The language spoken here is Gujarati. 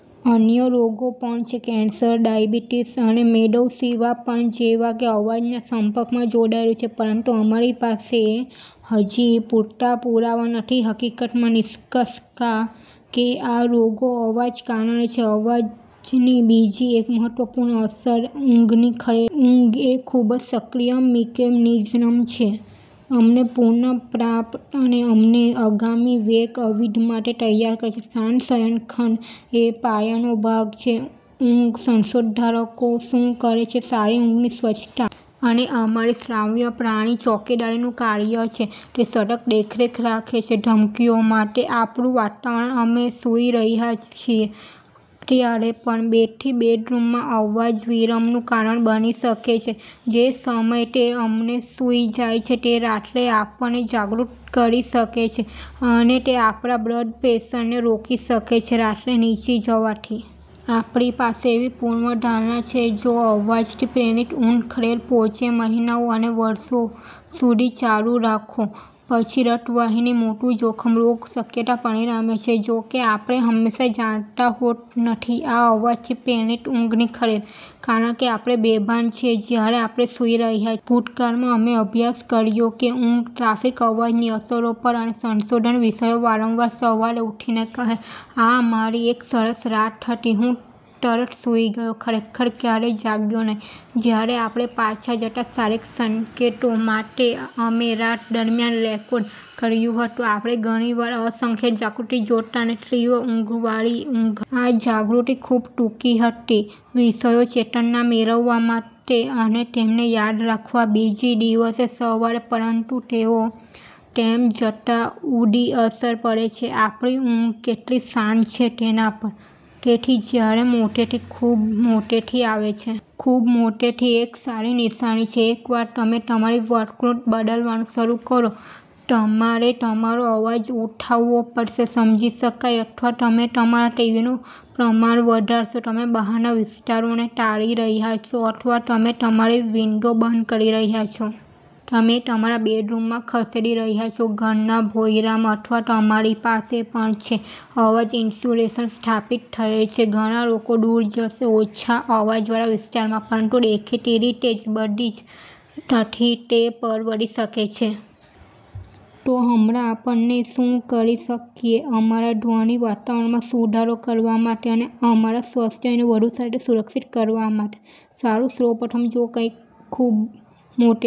અન્ય રોગો પણ છે કેન્સર, ડાયાબિટીઝ અને મેદસ્વીપણા જેવા જે અવાજના સંપર્કમાં જોડાયેલું છે, પરંતુ અમારી પાસે હજી પૂરતા પુરાવા નથી હકીકતમાં, નિષ્કર્ષ કા. ો કે આ રોગો અવાજ કારણે થાય છે. અવાજની બીજી એક મહત્વપૂર્ણ અસર ઊંઘની ખલેલ છે. ઊંઘ એ ખૂબ જ સક્રિય મિકેનિઝમ છે કે અમને પુન. પ્રાપ્ત અને અમને આગામી વેક અવધિ માટે તૈયાર કરે છે. શાંત શયનખંડ એ પાયાનો ભાગ છે ઊંઘ સંશોધનકારો શું કહે છે "સારી ઊંઘની સ્વચ્છતા. "અને અમારી શ્રાવ્ય પ્રણાલી ચોકીદારનું કાર્ય છે. તે સતત દેખરેખ રાખે છે ધમકીઓ માટે આપણું વાતાવરણ, અમે સૂઈ રહ્યાં છીએ ત્યારે પણ. તેથી બેડરૂમમાં અવાજ વિલંબનું કારણ બની શકે છે જે સમયે તે અમને સૂઈ જાય છે, તે રાત્રે આપણને જાગૃત કરી શકે છે, અને તે આપણા બ્લડ પ્રેશરને રોકી શકે છે રાત્રે નીચે જવાથી. આપણી પાસે એવી પૂર્વધારણા છે જો આ અવાજથી પ્રેરિત ઊંઘ ખલેલ પહોંચે મહિનાઓ અને વર્ષો સુધી ચાલુ રાખો, પછી રક્તવાહિની માટેનું જોખમ રોગ શક્યતા પરિણામ છે. જો કે, આપણે હંમેશાં જાણતા હોતા નથી આ અવાજથી પ્રેરિત ઊંઘની ખલેલ, કારણ કે આપણે બેભાન છીએ જ્યારે આપણે સૂઈ રહ્યા ભૂતકાળમાં, અમે અભ્યાસ કર્યો છે ઊંઘ પર ટ્રાફિક અવાજની અસરો પર, અને સંશોધન વિષયો વારંવાર સવારે ઉઠીને કહે, આહ, મારી એક સરસ રાત હતી, હું તરત સૂઈ ગયો, ખરેખર ક્યારેય જાગ્યો નહીં. " જ્યારે આપણે પાછા જતા શારીરિક સંકેતો માટે અમે રાત દરમિયાન રેકોર્ડ કર્યું હતું, આપણે ઘણી વાર અસંખ્ય જાગૃતિ જોતા અને તીવ્ર ઊંઘવાળી ઊંઘ. આ જાગૃતિ ખૂબ ટૂંકી હતી વિષયો ચેતના મેળવવા માટે અને તેમને યાદ રાખવા બીજા દિવસે સવારે, પરંતુ તેઓ તેમ છતાં ઊંડી અસર પડે છે આપણી ઊંઘ કેટલી શાંત છે તેના પર. તેથી જ્યારે મોટેથી ખૂબ મોટેથી આવે છે? ખૂબ મોટેથી એક સારી નિશાની છે એકવાર તમે તમારી વર્તણૂક બદલવાનું શરૂ કરો. તમારે તમારો અવાજ ઉઠાવવો પડશે સમજી શકાય, અથવા તમે તમારા ટીવીનું પ્રમાણ વધારશો. તમે બહારના વિસ્તારોને ટાળી રહ્યા છો, અથવા તમે તમારી વિંડો બંધ કરી રહ્યાં છો. તમે તમારા બેડરૂમમાં ખસેડી રહ્યા છો ઘરના ભોંયરામાં, અથવા તમારી પાસે પણ છે અવાજ ઇન્સ્યુલેશન સ્થાપિત થયેલ છે. ઘણા લોકો દૂર જશે ઓછા અવાજવાળા વિસ્તારોમાં, પરંતુ દેખીતી રીતે જ બધાને નથી તે પરવડી શકે છે. તો હમણાં આપણે શું કરી શકીએ અમારા ધ્વનિ વાતાવરણમાં સુધારો કરવા માટે અને આપણા સ્વાસ્થ્યને વધુ સારી રીતે સુરક્ષિત કરવા માટે? સારું, સૌ પ્રથમ, જો કંઇક ખૂબ મોટેથી